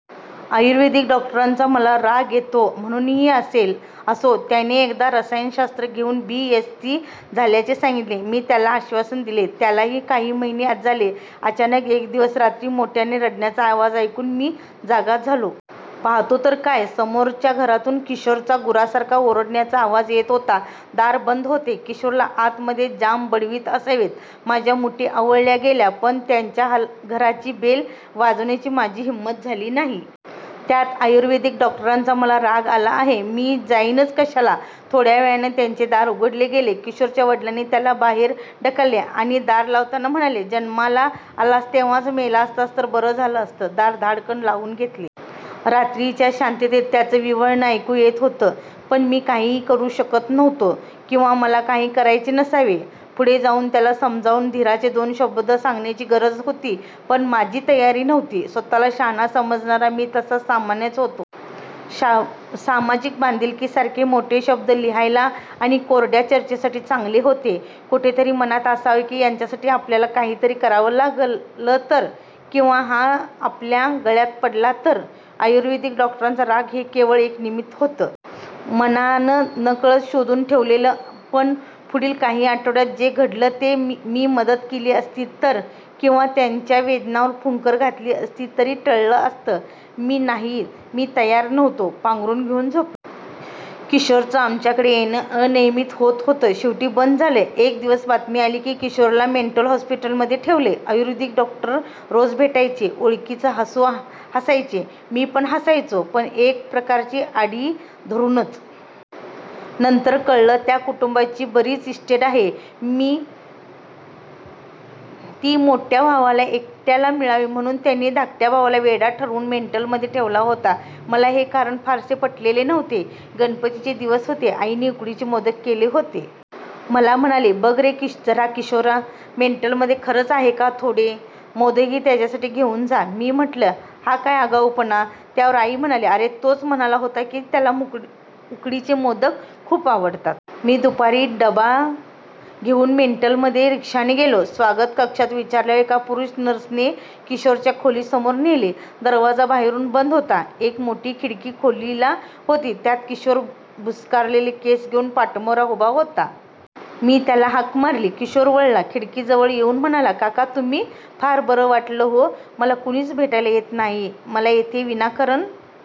आयुर्वेदिक डॉक्टरांचा मला राग येतो म्हणूनही असेल. असो. त्याने एकदा रसायनशास्त्र घेऊन बी. एससी. झाल्याचे सांगितले. मी त्याला आश्वासन दिले त्यालाही काही महिने झाले. अचानक एक दिवस रात्री मोठ्याने रडण्याचा आवाज ऐकून मी जागा झालो. पाहातो तर काय, समोरच्या घरातून किशोरचा गुरासारखा ओरडण्याचा आवाज येत होता. दार बंद होते. किशोरला आत मध्ये जाम बडवीत असावेत. माझ्या मुठी आवळल्या गेल्या. पण त्यांच्या घराची बेल वाजवण्याची माझी हिंमत झाली नाही. त्यात आयुर्वेदिक डॉक्टरांचा मला राग आला आहे. मी जाईनच कशाला. थोड्यावेळाने त्याचे दार उघडले गेले. किशोरच्या वडिलांनी त्याला बाहेर ढकलले आणि दार लावताना म्हणाले. "जन्माला आलास तेव्हाच मेला असतास तर बरं झालं असतं". दार धाडकन लावून घेतले. रात्रीच्या शांततेत त्याचं विव्हळणं ऐकू येत होतं. पण मी काहीही करू शकत नव्हतो किंवा मला काही करायचे नसावे. पुढे जाऊन त्याला समजाऊन धीराचे दोन शब्द सांगण्याची गरज होती. पण माझी तयारी नव्हती. स्वतःला शहाणा समजणारा मी तसा सामान्यच होतो. सामाजिक बांधिलकी सारखे मोठे शब्द लिहायला आणि कोरड्या चर्चेसाठी चांगले होते. कोठेतरी मनात असावं की याच्यासाठी आपल्याला काहीतरी करावं लागलं तर? किंवा हा आपल्या गळ्यात पडला तर? आयुर्वेदिक डॉक्टरांचा राग हे केवळ एक निमित्त होतं. मनानं नकळत शोधून ठेवलेलं. पण पुढिल काही आठवड्यांत जे घडलं ते मी मदत केली असती तर किंवा त्याच्या वेदनांवर फुंकर घातली असती तरी टळलं असतं. नाही मी तयार नव्हतो. पांघरूण घेऊन झोपलो. किशोरचं आमच्याकडे येणं अनियमित होत होत शेवटी बंद झालं. एक दिवस बातमी आली की किशोरला मेंटल हॉस्पिटलमध्ये ठेवलय. आयुर्वेदिक डॉक्टर रोज भेटायचे. ओळखीचं हासू हासायचे, मी पण हासायचो. पण एक प्रकारची आढी धरूनच. नंतर कळलं, त्या कुटुंबाची बरीच इस्टेट आहे.मी ती मोठ्या भावाला एकट्याला मिळावी म्हणून त्याने धाकट्या भावाला वेडा ठरवून मेंटल मध्ये ठेवला होता. मला हे कारण फारसे पटलेलं नव्हते. गणपतीचे दिवस होते. आईने उकडीचे मोदक केले होते. मला म्हणाली, "बघ रे जरा किशोरा मेंटलमध्ये खरच आहे कां थोडे मोदकही त्याच्यासाठी घेऊन जा. मी म्हंटलं",हा काय आगाऊपणा? त्यावर आई म्हणाली, "अरे तोच म्हणाला होता की त्याला उकडीचे मोदक खूप आवडतात". मी दुपारी डबा घेऊन मेंटल मध्ये रिक्षाने गेलो. स्वागत कक्षात विचारल्यावर एका पुरुष नर्सने किशोरच्या खोली समोर नेले. दरवाजा बाहेरून बंद होता. एक मोठी खिडकी खोलीला होती. त्यात किशोर भुस्कारलेले केस घेऊन पाठमोरा उभा होता. मी त्याला हाक मारली. किशोर वळला. खिडकी जवळ येऊन म्हणाला, "काका, तुम्ही"? फार बरं वाटलं हो. मला कोणीच भेटायला येत नाही. मला इथे विनाकारण